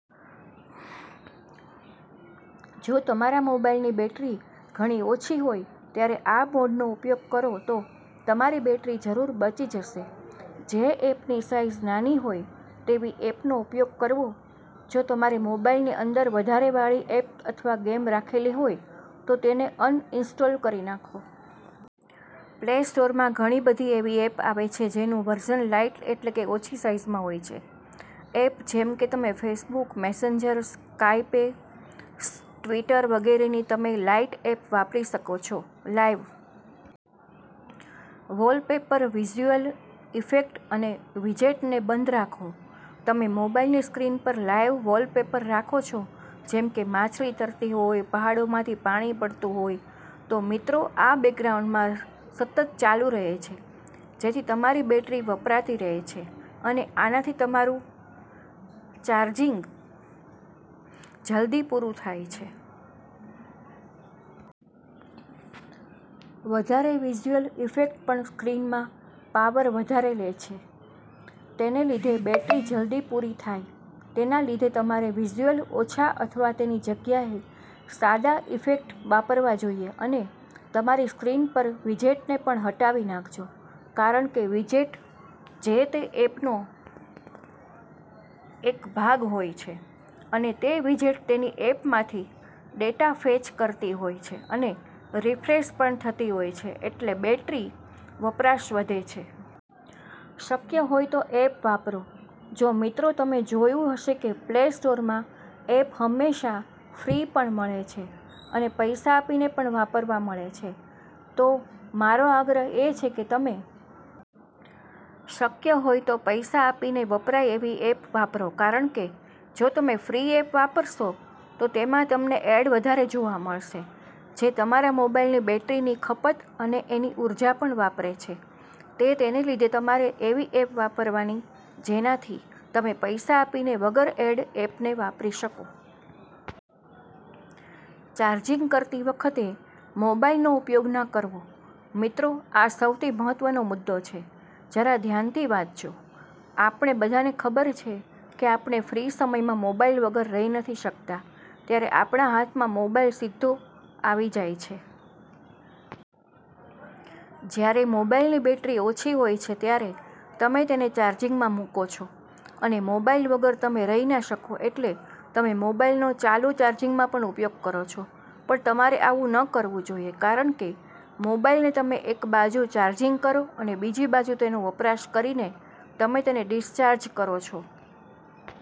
જો તમારા મોબાઈલની બેટરી ઘણી ઓછી હોય ત્યારે આ મોડનો ઉપયોગ કરો તો તમારી બેટરી જરૂર બચી જશે. જે એપની સાઈઝ નાની હોય તેવી એપનો ઉપયોગ કરવો જો તમારે મોબાઈલની અંદર વધારે વાળી એપ અથવા ગેમ રાખેલી હોય તો તેને અન ઇન્સ્ટોલ કરી નાખો. પ્લે સ્ટોરમાં ઘણી બધી એવી એપ આવે છે જેનું વર્ઝન લાઈટ એટલે કે ઓછી સાઈઝમાં હોય છે. એપ જેમ કે તમે ફેસબુક, મેસેન્જર, સ્કાયપે, ટ્વિટર વગેરેની તમે લાઈટ એપ વાપરી શકો છો. લાઈવ વોલપેપર, વિઝયુઅલ ઇફેક્ટ અને વિજેટને બંધ રાખો તમે મોબાઈલની સ્ક્રીન પર લાઈવ વોલપેપર રાખો છો જેમ કે માછલી તરતી હોય, પહાડોમાંથી પાણી પડતું હોય, તો મિત્રો આ બેકગ્રાઉન્ડમાં સતત ચાલુ રહે છે જેથી તમારી બેટરી વપરાતી રહે છે અને આનાથી તમારું ચાર્જિંગ જલ્દી પૂરું થાય છે. વધારે વિઝયુઅલ ઇફેક્ટ પણ સ્ક્રીનમાં પાવર વધારે લે છે તેને લીધે બેટરી જલ્દી પૂરી થાય તેના લીધે તમારે વિઝયુઅલ ઓછા અથવા તેની જગ્યાએ સાદા ઇફેક્ટ વાપરવા જોઈએ અને તમારી સ્ક્રીન પર વિજેટને પણ હટાવી નાખજો કારણ કે વિજેટ જે-તે એપનો એક ભાગ હોય છે અને તે વિજેટ તેની એપમાથી ડેટા ફેચ કરતી હોય છે અને રિફ્રેશ પણ થતી હોય છે એટલે બેટરી વપરાશ વધે છે. શક્ય હોય તો એપ વાપરો. જો મિત્રો તમે જોયું હશે કે પ્લે સ્ટોરમાં એપ હંમેશા ફ્રી પણ મળે છે અને પૈસા આપીને પણ વાપરવા મળે છે તો મારો આગ્રહ એ છે કે તમે શક્ય હોય તો પૈસા આપીને વપરાય તેવી એપ વાપરો કારણ કે જો તમે ફ્રી એપ વાપરશો તો તેમાં તમને એડ વધારે જોવા મળશે જે તમારા મોબાઈલની બેટરીની ખપત અને એની ઉર્જા પણ વાપરે છે તે તેને લીધે તમારે એવી એપ વાપરવાની જેનાથી તમે પૈસા આપીને વગર એડ એપને વાપરી શકો. ચાર્જિંગ કરતી વખતે મોબાઈલ નો ઉપયોગના કરવો મિત્રો આ સૌથી મહત્વનો મુદો છે. જરા ધ્યાનથી વાંચજો. આપણે બધાને ખબર છે કે આપણે ફ્રી સમયમાં મોબાઈલ વગર રહી નથી શકતા ત્યારે આપણા હાથમાં મોબાઈલ સીધો આવી જાય છે. જ્યારે મોબાઇલની બેટરી ઓછી હોય છે ત્યારે તમે તેને ચાર્જિંગમાં મૂકો છો અને મોબાઇલ વગર તમે રહી ના શકો એટલે તમે મોબાઇલને ચાલુ ચાર્જિંગમાં પણ ઉપયોગ કરો છો પણ તમારે આવું ન કરવું જોઈએ કારણ કે મોબાઇલને તમે એક બાજુ ચાર્જિંગ કરો અને બીજી બાજુ તેનો વપરાશ કરીને તમે તેને ડિસ્ચાર્જ કરો છો.